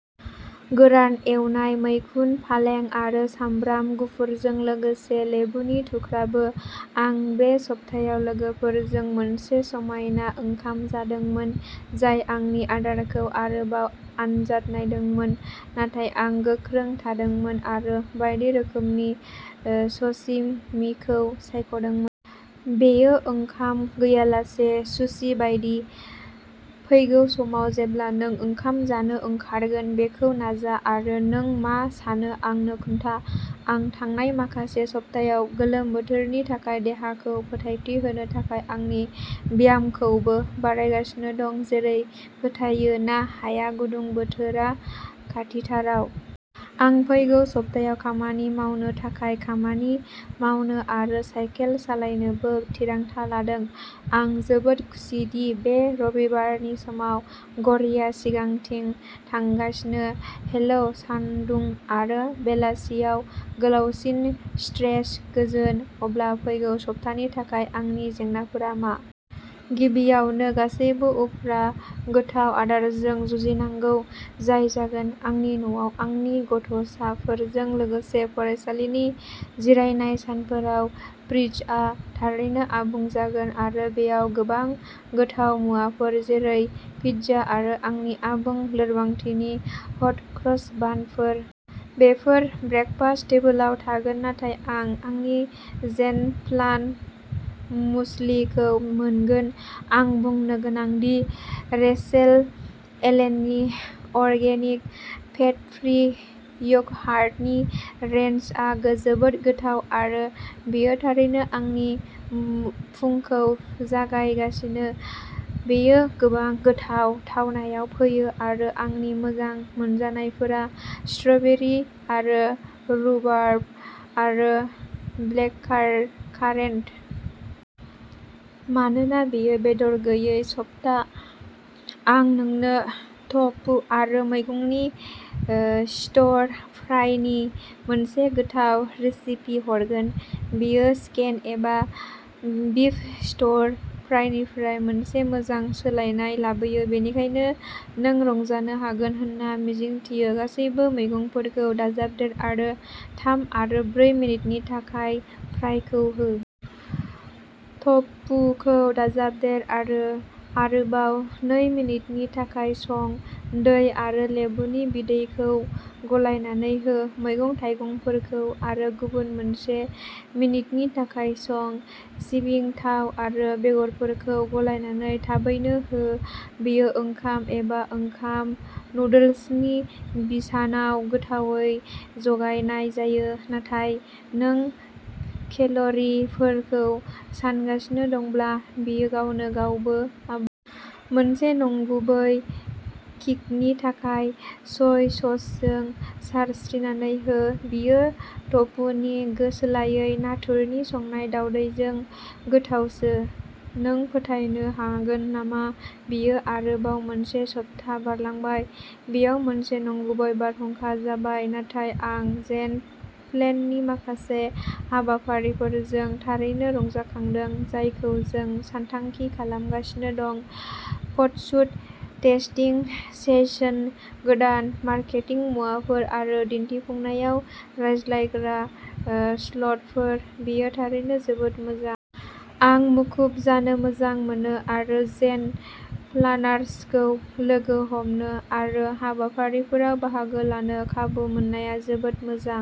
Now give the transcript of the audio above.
गोरान एवनाय, मैखुन, फालें आरो सामब्राम गुफुरजों लोगोसे लेबुनि थुख्राबो। आं बे सप्तायाव लोगोफोरजों मोनसे समायना ओंखाम जादोंमोन, जाय आंनि आदारखौ आरोबाव आनजाद नायदोंमोन, नाथाय आं गोख्रों थादोंमोन आरो बायदि रोखोमनि सशिमिखौ सायख'दोंमोन। बेयो ओंखाम गैयालासे सुशि बायदि। फैगौ समाव जेब्ला नों ओंखाम जानो ओंखारगोन, बेखौ नाजा आरो नों मा सानो आंनो खोन्था। आं थांनाय माखासे सप्तायाव गोलोम बोथोरनि थाखाय देहाखौ फोथायथि होनो थाखाय आंनि ब्यामखौबो बारायगासिनो दं, जेरै फोथायो ना हाया गुदुं बोथोरा खाथिथाराव। आं फैगौ सप्तायाव खामानि मावनो थाखाय खामानि मावनो आरो साइकेल सालायनोबो थिरांथा लादों। आं जोबोद खुसि दि बे रबिबारनि समाव घरिआ सिगांथिं थांगासिनो हेल' सानदुं आरो बेलासियाव गोलावसिन स्ट्रेच गोजोन। अब्ला फैगौ सप्तानि थाखाय आंनि जेंनाफोरा मा? गिबियावनो, गासैबो उफ्रा गोथाव आदारजों जुजिनांगौ जाय जागोन। आंनि न'आव आंनि गथ'साफोरजों लोगोसे फरायसालिनि जिरायनाय सानफोराव फ्रिजआ थारैनो आबुं जागोन आरो बेयाव गोबां गोथाव मुवाफोर जेरै पिज्जा आरो आंनि आबुं लोरबांथि हट क्रस बानफोर। बेफोर ब्रेकफास्ट टेबोलाव थागोन नाथाय आं आंनि जेन प्लान मुसलिखौ मोनगोन। आं बुंनो गोनां दि रेचेल एलेननि अर्गेनिक फेट फ्रि य'गहार्टनि रेन्जआ जोबोद गोथाव आरो बेयो थारैनो आंनि फुंखौ जागायगासिनो! बेयो गोबां गोथाव थावनायाव फैयो आरो आंनि मोजां मोनजानायफोरा स्ट्र'बेरि आरो रुबार्ब आरो ब्लेककारेन्ट। मानोना बेयो बेदर गैयै सप्ता, आं नोंनो ट'फु आरो मैगंनि स्टिर फ्राइनि मोनसे गोथाव रेसिपि हरगोन। बेयो चिकेन एबा बिफ स्टिर फ्राइनिफ्राय मोनसे मोजां सोलायनाय लाबोयो, बेनिखायनो नों रंजानो हागोन होनना मिजिंथियो। गासैबो मैगंफोरखौ दाजाबदेर आरो थाम आरो ब्रै मिनिटनि थाखाय फ्राइखौ हो। ट'फुखौ दाजाबदेर आरो आरोबाव नै मिनिटनि थाखाय सं। दै आरो लेबुनि बिदैखौ गलायनानै हो। मैगं थाइगंफोरखौ आरो गुबुन मोनसे मिनिटनि थाखाय सं। सिबिं थाव आरो बेगरफोरखौ गलायनानै थाबैनो हो। बेयो ओंखाम एबा ओंखाम नुडल्सनि बिसानाव गोथावै जगायनाय जायो, नाथाय नों केल'रिफोरखौ सानगासिनो दंब्ला, बेयो गावनो गावबो आबुं। मोनसे नंगुबै किकनि थाखाय, सय ससजों सारस्रिनानै हो। बेयो टफुनि सोलायै नाथुरनि संनाय दावदैजों गोथावसो। नों फोथायनो हागोन नामा बेयो आरोबाव मोनसे सप्ता बारलांबाय? बेयाव मोनसे नंगुबै बारहुंखा जाबाय नाथाय आं जेन प्लेननि माखासे हाबाफारिफोरजों थारैनो रंजाखांदों जायखौ जों सानथांखि खालामगासिनो दं फटसुट, टेस्टिं सेसन, गोदान मार्केटिं मुवाफोर आरो दिन्थिफुंनायाव रायज्लायग्रा स्लटफोर बेयो थारैनो जोबोद मोजां। आं मुखुब जानो मोजां मोनो आरो जेन प्लानार्सखौ लोगो हमनो आरो हाबाफारिफोराव बाहागो लानो खाबु मोननाया जोबोद मोजां।